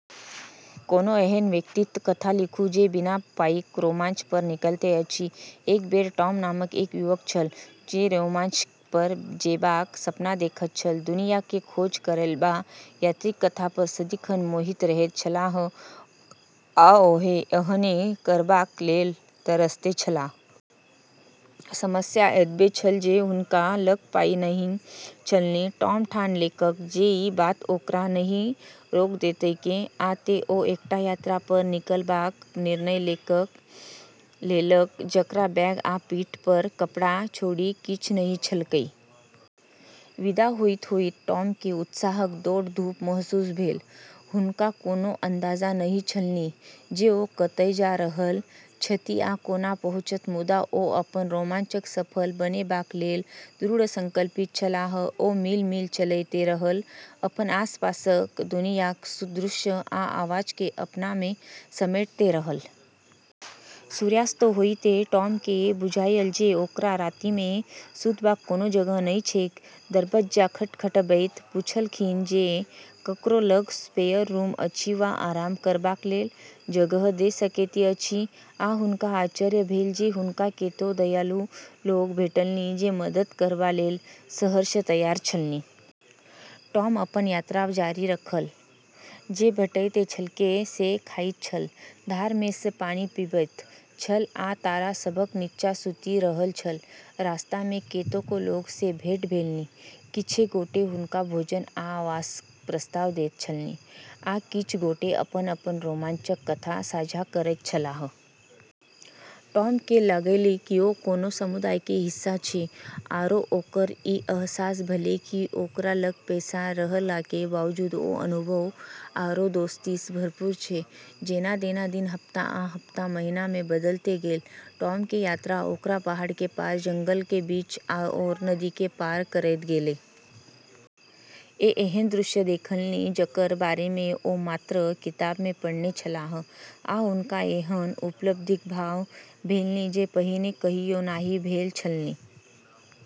कोनो एहन व्यक्तिक कथा लिखू जे बिना पाइक रोमांच पर निकलैत अछि। एक बेर टॉम नामक एकटा युवक छल, जे रोमांच पर जेबाक सपना देखैत छल। दुनियाँक खोज करैबला यात्रीक कथा पर सदिखन मोहित रहैत छलाह, आ ओहो एहने करबाक लेल तरसैत छलाह। समस्या एतबे छल जे हुनका लग पाइ नहि छलनि। टॉम ठान लेलक जे ई बात ओकरा नहि रोकै देतैक, आ तेँ ओ एकटा यात्रा पर निकलबाक निर्णय लेलक जकरा बैग आ पीठ पर कपड़ा छोड़ि किछ नहि छलैक। विदा होइत-होइत टॉमकेँ उत्साहक दौड़-धूप महसूस भेल। हुनका कोनो अंदाजा नहि छलनि जे ओ कतय जा रहल छथि आ कोना पहुँचत, मुदा ओ अपन रोमांचके सफल बनेबाक लेल दृढ़ संकल्पित छलाह। ओ मील-मील चलैत रहल, अपन आसपासक दुनियाँक दृश्य आ आवाजकेँ अपनामे समेटैत रहल। सूर्यास्त होइते टॉमकेँ बुझायल जे ओकरा रातिमे सुतबाक कोनो जगह नहि छैक। दरबज्जा खटखटबैत पुछलखिन जे ककरो लग स्पेयर रूम अछि वा आराम करबाक लेल जगह द' सकैत अछि, आ हुनका आश्चर्य भेल जे हुनका कतेको दयालु लोक भेटलनि जे मदद करबा लेल सहर्ष तैयार छलनि । टॉम अपन यात्रा जारी रखलक, जे भेटैत छलैक से खाइत छल, धारमे सँ पानि पीबैत छल आ तारा सभक निच्चाँ सुति रहल छल। रास्तामे कतेको लोक सँ भेँट भेलनि, किछ गोटे हुनका भोजन आ आवासक प्रस्ताव दैत छलनि, आ किछ गोटे अपन-अपन रोमांचक कथा साझा करैत छलाह। टॉमके लागलै किओ कोनो समुदायके हिस्सा छै, आरो ओकरा ई अहसास भेलै कि ओकरा लग पैसा नै रहलाके बावजूद ओ अनुभव आरो दोस्तीसँ भरपूर छै। जेना-जेना दिन हफ्ता आ हफ्ता महीनामे बदलैत गेलै, टॉमके यात्रा ओकरा पहाड़के पार, जंगलके बीच आओर नदीके पार करैत गेलै। ओ एहन दृश्य देखलनि जकर बारेमे ओ मात्र किताबमे पढ़ने छलाह, आ हुनका एहन उपलब्धिक भाव भेलनि जे पहिने कहियो नहि भेल छलनि।